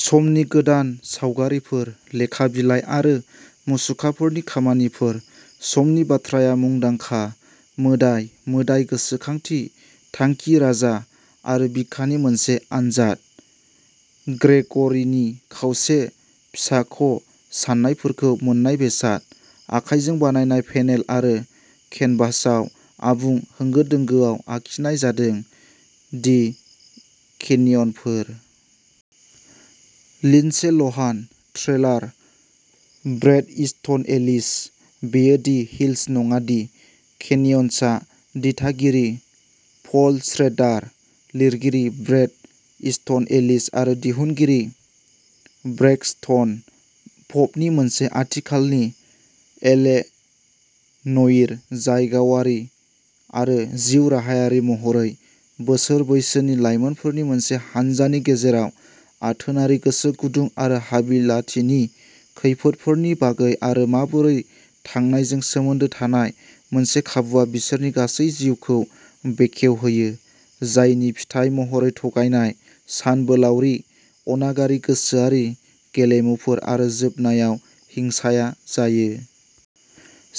समनि-गोदान सावगारिफोर, लेखा बिलाइ आरो मुसुखाफोरनि खामानिफोर। समनि बाथ्राया मुंदांखा, मोदाय-मोदाय, गोसोखांथि, थांखि, राजा आरो बिखानि मोनसे आनजाद। ग्रेग'रीनि खावसे-फिसाख'साननायफोरखौ मोन्नाय बेसाद, आखाइजों बानायनाय पेनेल आरो केनभासआव आबुं होंगो-दोंगोआव आखिनाय जादों। दि केनियनफोर। लिन्डसे लहान। ट्रेलार। Brett Easton Ellis. बेयो दि हिल्स नङादि केनियन्सआ दिथागिरि पल श्रेडार, लिरगिरि ब्रेट इस्टन एलिस आरो दिहुनगिरि ब्रेक्सटन प'पनि मोनसे आथिखालनि एल. ए. न'इर, जाय गावारि आरो जिउराहायारि महरै, बोसोर बैसोनि लायमोनफोरनि मोनसे हान्जानि गेजेराव आथोनारि गोसो गुदुं आरो हाबिलाथिनि खैफोदफोरनि बागै आरो माबोरै थांनायजों सोमोन्दो थानाय मोनसे खाबुआ बिसोरनि गासै जिउखौ बेखेवहोयो, जायनि फिथाय महरै थगायनाय, सानबोलावरि, अनागारि गोसोआरि गेलेमुफोर आरो जोबनायाव हिंसाया जायो।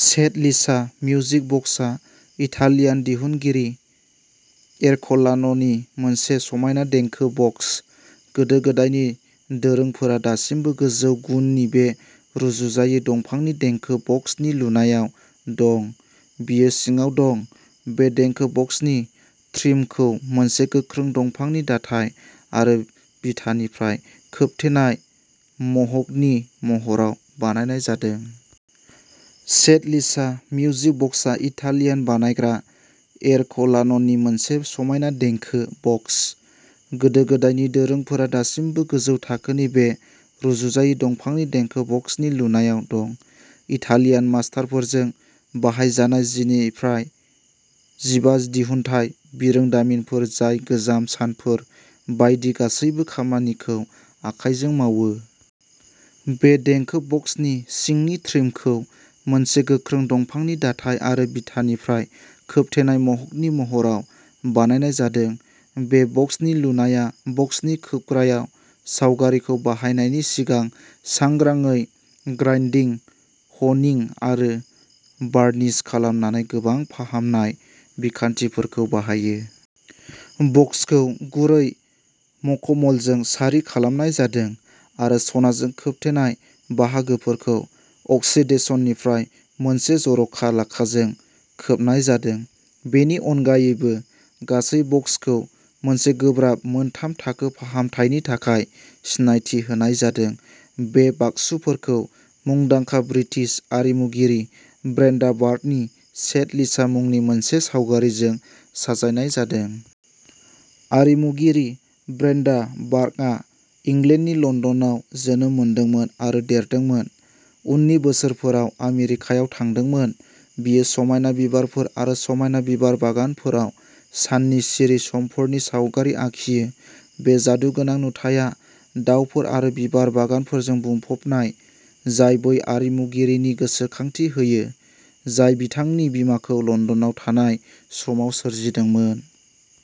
सेड लिसा मिउजिक बक्सआ इटालियान दिहुनगिरि एरकलान'नि मोनसे समायना देंखो बक्स। गोदो गोदायनि दोरोंफोरा दासिमबो गोजौ गुननि बे रुजुजायै दंफांनि देंखो बक्सनि लुनायाव दं। बियो सिङाव दं। बे देंखो बक्सनि ट्रिमखौ मोनसे गोख्रों दंफांनि दाथाय आरो बिथानिफ्राय खोबथेनाय मह'गनि महराव बानायनाय जादों। सेड लिसा मिउजिक बक्सआ इटालियान बानायग्रा एरकलान'नि मोनसे समायना देंखो बक्स। गोदो-गोदायनि दोरोंफोरा दासिमबो गोजौ थाखोनि बे रुजुजायै दंफांनि देंखो बक्सनि लुनायाव दं। इटालियान मास्टारफोरजों बाहायजानाय जिनिफ्राय जिबा दिहुनथाय बिरोंदामिनफोर जाय गोजाम सानफोर बायदि गासैबो खामानिखौ आखाइजों मावो। बे देंखो बक्सनि सिंनि ट्रिमखौ मोनसे गोख्रों दंफांनि दाथाय आरो बिथानिफ्राय खोबथेनाय मह'गनि महराव बानायनाय जादों। बे बक्सनि लुनाया बक्सनि खोबग्रायाव सावगारिखौ बाहायनायनि सिगां सांग्राङै ग्राइन्डिं, ह'निं आरो वार्निश खालामनानै गोबां फाहामनाय बिखान्थिफोरखौ बाहायो। बक्सखौ गुरै मखमलजों सारि खालामनाय जादों आरो सनाजों खोबथेनाय बाहागोफोरखौ अक्सिडेशननिफ्राय मोनसे जर'खा लाखाजों खोबनाय जादों। बेनि अनगायैबो, गासै बक्सखौ मोनसे गोब्राब मोनथाम-थाखो फाहामथायनि थाखाय सिनायथि होनाय जादों। बे बाक्सुफोरखौ मुंदांखा ब्रिटिश आरिमुगिरि ब्रेन्डा बार्कनि "सेड लिसा" मुंनि मोनसे सावगारिजों साजायनाय जादों। आरिमुगिरि ब्रेन्डा बार्कआ इंलेन्डनि लन्दनआव जोनोम मोन्दोंमोन आरो देरदोंमोन, उननि बोसोरफोराव आमेरिकायाव थांदोंमोन। बियो समायना बिबारफोर आरो समायना बिबार बागानफोराव साननि सिरि समफोरनि सावगारि आखियो। बे जादुगोनां नुथाया दाउफोर आरो बिबार बागानफोरजों बुंफबनाय, जाय बै आरिमुगिरिनि गोसोखांथि होयो, जाय बिथांनि बिमाखौ लन्दनाव थानाय समाव सोरजिदोंमोन।